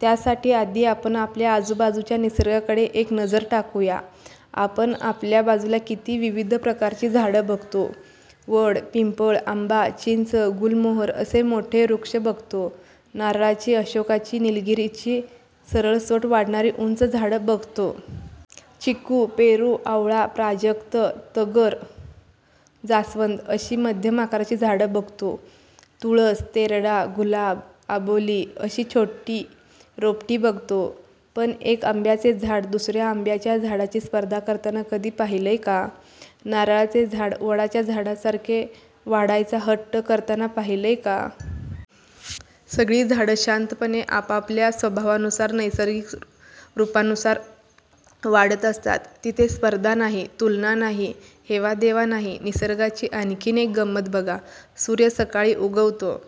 त्यासाठी आधी आपण आपल्या आजूबाजूच्या निसर्गाकडे एक नजर टाकूया. आपण आपल्या बाजूला किती विविध प्रकारची झाडं बघतो. वड, पिंपळ, आंबा, चिंच, गुलमोहर असे मोठे वृक्ष बघतो. नारळाची, अशोकाची, निलगिरीची सरळसोट वाढणारी उंच झाडं बघतो. चिकू, पेरू, आवळा, प्राजक्त, तगर, जास्वंद अशी मध्यम आकाराची झाडं बघतो. तुळस, तेरडा, गुलाब, अबोली अशी छोटी रोपटी बघतो. पण एक आंब्याचे झाड दुसऱ्या आंब्याच्या झाडाची स्पर्धा करताना कधी पाहिलंय का? नारळाचे झाड वडाच्या झाडासारखे वाढायचा हट्ट करताना पाहिलंय का? सगळी झाडं शांतपणे आपापल्या स्वभावानुसार नैसर्गिक रूपानुसार वाढत असतात. तिथे स्पर्धा नाही. तुलना नाही. हेवा दावा नाही. निसर्गाची आणखीन एक गंमत बघा. सूर्य सकाळी उगवतो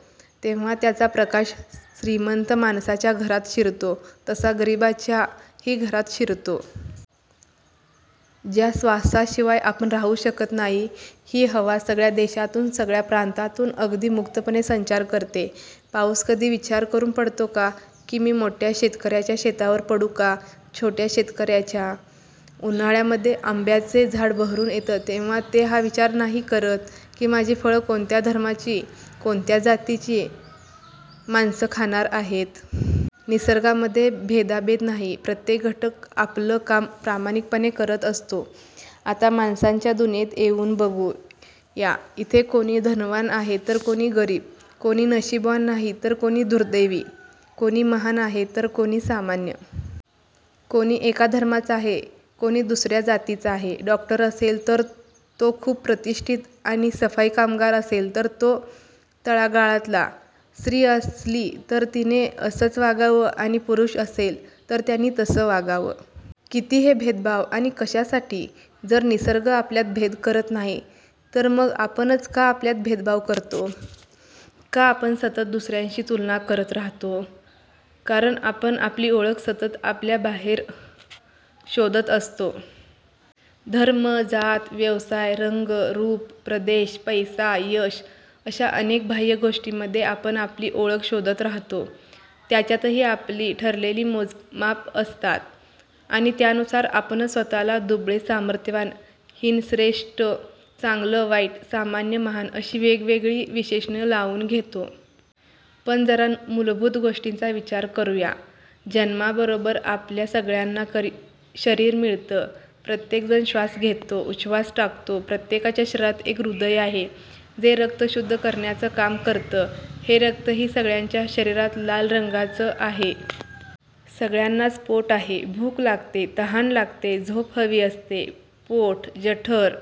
तेव्हा त्याचा प्रकाश श्रीमंत माणसाच्या घरात शिरतो तसा गरिबाच्या ही घरात शिरतो. ज्या श्वासाशिवाय आपण राहू शकत नाही ती हवा सगळ्या देशातून सगळ्या प्रांतातून अगदी मुक्तपणे संचार करते. पाऊस कधी विचार करून पडतो का की मी मोठ्या शेतकऱ्याच्या शेतावर पडू का छोट्या शेतकऱ्याच्या? उन्हाळ्यामध्ये आंब्याचे झाड बहरून येतं तेव्हा ते हा विचार नाही करत की माझी फळं कोणत्या धर्माची कोणत्या जातीची माणसं खाणार आहेत. निसर्गामध्ये भेदाभेद नाही प्रत्येक घटक आपलं काम प्रामाणिकपणे करत असतो. आता माणसांच्या दुनियेत येऊन बघू या. इथे कोणी धनवान आहे तर कोणी गरीब. कोणी नशीबवान नाही तर कोणी दुर्दैवी. कोणी महान आहे तर कोणी सामान्य. कोणी एका धर्माचा आहे कोणी दुसऱ्या जातीचा आहे. डॉक्टर असेल तर तो खुप प्रतिष्ठित आणि सफाई कामगार असेल तर तो तळागाळातला. स्त्री असली तर तिने असंच वागावं आणि पुरुष असेल तर त्यांनी तसं वागावं. किती हे भेदाभेद आणि कशासाठी? जर निसर्ग आपल्यात भेद करत नाही तर मग आपणच का आपल्यात भेदभाव करतो? का आपण सतत दुसऱ्यांशी तुलना करत राहतो? कारण आपण आपली ओळख सतत आपल्या बाहेर शोधत असतो. धर्म, जात, व्यवसाय, रंग, रूप, प्रदेश, पैसा, यश अशा अनेक बाह्य गोष्टींमध्ये आपण आपली ओळख शोधत राहतो. त्याच्यातही आपली ठरलेली मोजमाप असतात. आणि त्यानुसार आपणच स्वतःला दुबळे-सामर्थ्यवान, हीन-श्रेष्ठ, चांगलं-वाईट, सामान्य महान अशी वेगवेगळी विशेषणे लावून घेतो. पण जरा मूलभूत गोष्टींचा विचार करुया. जन्मा बरोबर आपल्या सगळ्यांना शरीर मिळत. प्रत्येक जण श्वास घेतो उच्छवास टाकतो. प्रत्येकाच्या शरीरात एक हृदय आहे जे रक्त शुद्ध करण्याचं काम करतं. हे रक्त ही सगळ्यांच्या शरीरात लाल रंगाच आहे. सगळ्यांनाच पोट आहे. भूक लागते. तहान लागते. झोप हवी असते. पोट, जठर,